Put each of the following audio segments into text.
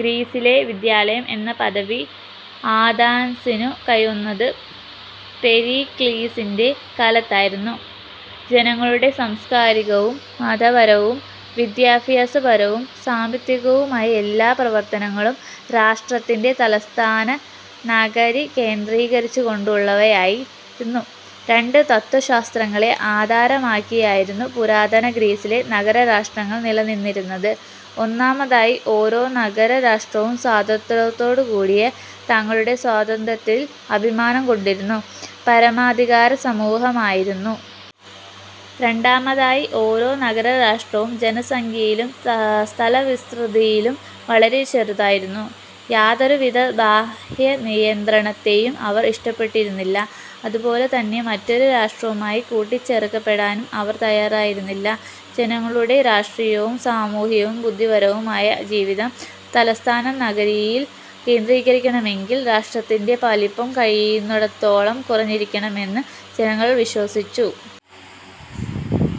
ഗ്രീസിലെ വിദ്യാലയം എന്ന പദവി ആഥൻസിനു കൈവന്നത് പെരിക്ലീസിന്റെ കാലത്തായിരുന്നു. ജനങ്ങളുടെ സാംസ്കാരികവും മതപരവും വിദ്യാഭ്യാസപരവും സാമ്പത്തികവുമായ എല്ലാ പ്രവർത്തനങ്ങളും രാഷ്ട്രത്തിന്റെ തലസ്ഥാന നഗരി കേന്ദ്രീകരിച്ചുകൊണ്ടുള്ളവയായിരുന്നു. രണ്ട് തത്ത്വശാസ്ത്രങ്ങളെ ആധാരമാക്കിയായിരുന്നു പുരാതന ഗ്രീസിലെ നഗര രാഷ്ട്രങ്ങൾ നിലനിന്നിരുന്നത്. ഒന്നാമതായി, ഓരോ നഗര രാഷ്ട്രവും സ്വാതന്ത്ര്യത്തോടുകൂടിയ, തങ്ങളുടെ സ്വാതന്ത്യത്തിൽ അഭിമാനം കൊണ്ടിരുന്നു പരമാധികാര സമൂഹമായിരുന്നു. രണ്ടാമതായി, ഓരോ നഗര രാഷ്ട്രവും ജനസംഖ്യയിലും സ്ഥലവിസ്തൃതിയിലും വളരെ ചെറുതായിരുന്നു. യാതൊരുവിധ ബാഹ്യനിയന്ത്രണത്തെയും അവർ ഇഷ്ടപ്പെട്ടിരുന്നില്ല. അതുപോലെതന്നെ മറ്റൊരു രാഷ്ട്രവുമായി കൂട്ടിച്ചേർക്കപ്പെടാനും അവർ തയ്യാറായിരുന്നില്ല. ജനങ്ങളുടെ രാഷ്ട്രീയവും സാമൂഹ്യവും ബുദ്ധിപരവും ആയ ജീവിതം തലസ്ഥാന നഗരിയിൽ കേന്ദ്രീകരിക്കണമെങ്കിൽ രാഷ്ട്രത്തിന്റെ വലിപ്പം കഴിയുന്നിടത്തോളം കുറഞ്ഞിരിക്കണമെന്ന് ജനങ്ങൾ വിശ്വസിച്ചു.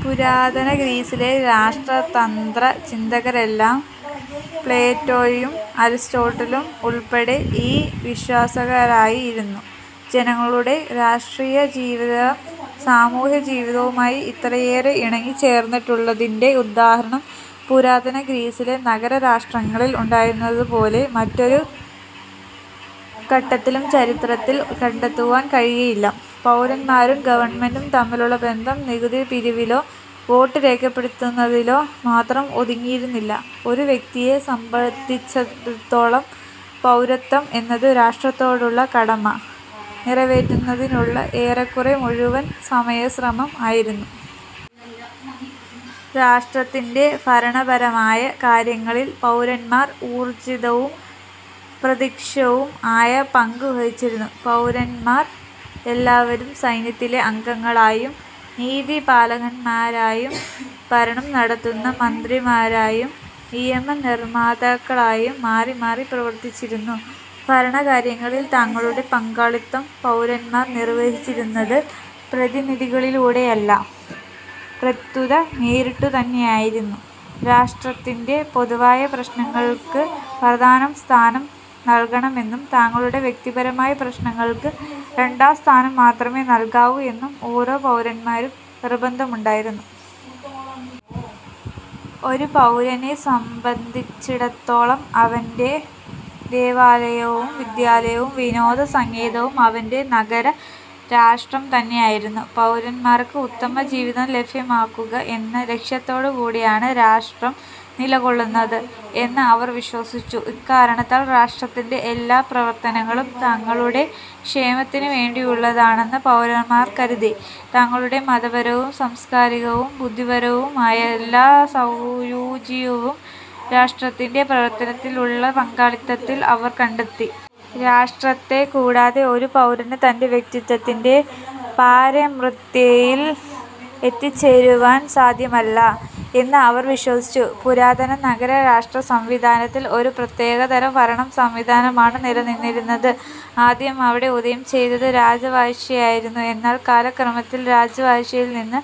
പുരാതന ഗ്രീസിലെ രാഷ്ട്രതന്ത്ര ചിന്തകരെല്ലാം-പ്ളേറ്റോയും അരിസ്റ്റോട്ടലും ഉൾപ്പെടെ-ഈ വിശ്വാസക്കാരായിരുന്നു. ജനങ്ങളുടെ രാഷ്ട്രീയജീവിതം സാമൂഹ്യജീവിതവുമായി ഇത്രയേറെ ഇണങ്ങിച്ചേർന്നിട്ടുള്ളതിന്റെ ഉദാഹരണം പുരാതന ഗ്രീസിലെ നഗര രാഷ്ട്രങ്ങളിൽ ഉണ്ടായിരുന്നതുപോലെ മറ്റൊരു ഘട്ടത്തിലും ചരിത്രത്തിൽ കണ്ടെത്തുവാൻ കഴിയുകയില്ല. പൗരന്മാരും ഗവണ്മെന്റും തമ്മിലുള്ള ബന്ധം നികുതി പിരിവിലോ വോട്ടുരേഖപ്പെടുത്തുന്നതിലോ മാത്രം ഒതുങ്ങിയിരുന്നില്ല. ഒരു വ്യക്തിയെ സംബന്ധിച്ചിടത്തോളം പൗരത്വം എന്നത് രാഷ്ട്രത്തോടുള്ള കടമ നിറവേറ്റുന്നതിനുള്ള ഏറെക്കുറെ മുഴുവൻസമയ ശ്രമം ആയിരുന്നു. രാഷ്ട്രത്തിന്റെ ഭരണപരമായ കാര്യങ്ങളിൽ പൗരന്മാർ ഊർജ്ജിതവും പ്രതിക്ഷവും ആയ പങ്കു വഹിച്ചിരുന്നു. പൗരന്മാർ എല്ലാവരും സൈന്യത്തിലെ അംഗങ്ങളായും നീതിപാലകന്മാരായും ഭരണം നടത്തുന്ന മന്ത്രിമാരായും നിയമനിർമാതാക്കളായും മാറിമാറി പ്രവർത്തിച്ചിരുന്നു. ഭരണകാര്യങ്ങളിൽ തങ്ങളുടെ പങ്കാളിത്തം പൗരന്മാർ നിർവഹിച്ചിരുന്നത് പ്രതിനിധികളിലൂടെയല്ല, പ്രത്യുത നേരിട്ടുതന്നെയായിരുന്നു. രാഷ്ട്രത്തിന്റെ പൊതുവായ പ്രശ്നങ്ങൾക്ക് പ്രധാന സ്ഥാനം നല്കണമെന്നും തങ്ങളുടെ വ്യക്തിപരമായ പ്രശ്നങ്ങൾക്ക് രണ്ടാം സ്ഥാനം മാത്രമേ നല്കാവൂ എന്നും ഓരോ പൗരൻമാരും നിർബന്ധമുണ്ടായിരുന്നു. ഒരു പൗരനെ സംബന്ധിച്ചിടത്തോളം അവന്റെ ദേവാലയവും വിദ്യാലയവും വിനോദ സങ്കേതവും അവന്റെ നഗര രാഷ്ട്രം തന്നെയായിരുന്നു. പൗരന്മാർക്ക് ഉത്തമജീവിതം ലഭ്യമാക്കുക എന്ന ലക്ഷ്യത്തോടുകൂടിയാണ് രാഷ്ട്രം നിലകൊള്ളുന്നത് എന്ന് അവർ വിശ്വസിച്ചു. ഇക്കാരണത്താൽ രാഷ്ട്രത്തിന്റെ എല്ലാ പ്രവർത്തനങ്ങളും തങ്ങളുടെ ക്ഷേമത്തിനുവേണ്ടിയുള്ളതാണെന്ന് പൗരന്മാർ കരുതി. തങ്ങളുടെ മതപരവും സംസ്കാരികവും ബുദ്ധിപരവും ആയ എല്ലാ സയൂജ്യവും രാഷ്ട്രത്തിന്റെ പ്രവർത്തനത്തിലുള്ള പങ്കാളിത്തത്തിൽ അവർ കണ്ടെത്തി. രാഷ്ട്രത്തെക്കൂടാതെ ഒരു പൗരന് തന്റെ വ്യക്തിത്വത്തിന്റെ പാരമ്യതയിൽ എത്തിച്ചേരുവാൻ സാധ്യമല്ല എന്ന് അവർ വിശ്വസിച്ചു. പുരാതന നഗര രാഷ്ട്ര സംവിധാനത്തിൽ ഒരു പ്രത്യേകതരം ഭരണ സംവിധാനമാണ് നിലനിന്നിരുന്നത്. ആദ്യം അവിടെ ഉദയം ചെയ്തത് രാജവാഴ്ചയായിരുന്നു. എന്നാൽ കാലക്രമത്തിൽ രാജവാഴ്ചയിൽനിന്ന്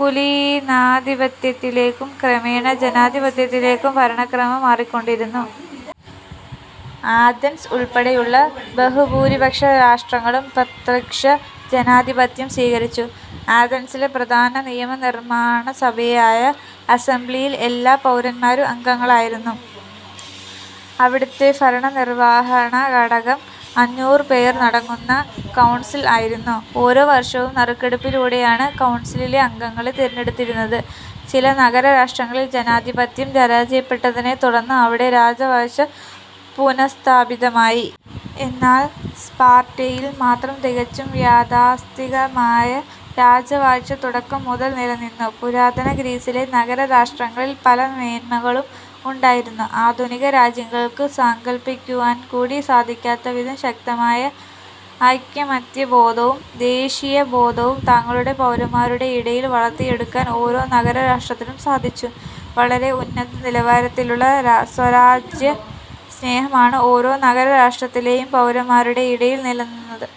കുലീനാധിപത്യത്തിലേക്കും ക്രമേണ ജനാധിപത്യത്തിലേക്കും ഭരണക്രമം മാറിക്കൊണ്ടിരുന്നു. ആഥൻസ് ഉൾപ്പെടെയുള്ള ബഹുഭൂരിപക്ഷം രാഷ്ട്രങ്ങളും പ്രത്യക്ഷ ജനാധിപത്യം സ്വീകരിച്ചു. ആഥൻസിലെ പ്രധാന നിയമനിർമ്മാണസഭയായ അസംബ്ലിയിൽ എല്ലാ പൗരന്മാരും അംഗങ്ങളായിരുന്നു. അവിടത്തെ ഭരണനിർവഹണഘടകം അഞ്ഞൂറുപേർ അടങ്ങുന്ന കൗൺസിൽ ആയിരുന്നു. ഓരോ വർഷവും നറുക്കെടുപ്പിലൂടെയാണ് കൗൺസിലിലെ അംഗങ്ങളെ തെരഞ്ഞെടുത്തിരുന്നത്. ചില നഗര രാഷ്ട്രങ്ങളിൽ ജനാധിപത്യം പരാജയപ്പെട്ടതിനെത്തുടർന്ന് അവിടെ രാജവാഴ്ച പുനഃസ്ഥാപിതമായി. എന്നാൽ സ്പാർട്ടയിൽ മാത്രം തികച്ചും യാഥാസ്ഥിതികമായ രാജവാഴ്ച തുടക്കംമുതൽ നിലനിന്നു. പുരാതന ഗ്രീസിലെ നഗര രാഷ്ട്രങ്ങളിൽ പല മേന്മകളും ഉണ്ടായിരുന്നു. ആധുനിക രാജ്യങ്ങൾക്കു സങ്കല്പിക്കുവാൻകൂടി സാധിക്കാത്തവിധം ശക്തമായ ഐകമത്യബോധവും ദേശീയബോധവും തങ്ങളുടെ പൗരന്മാരുടെയിടയിൽ വളർത്തിയെടുക്കാൻ ഓരോ നഗര രാഷ്ട്രത്തിനും സാധിച്ചു. വളരെ ഉന്നത നിലവാരത്തിലുള്ള സ്വരാജ്യസ്നേഹമാണ് ഓരോ നഗര രാഷ്ട്രത്തിലെയും പൗന്മാരുടെഇടയിൽ നിലനിന്നത്.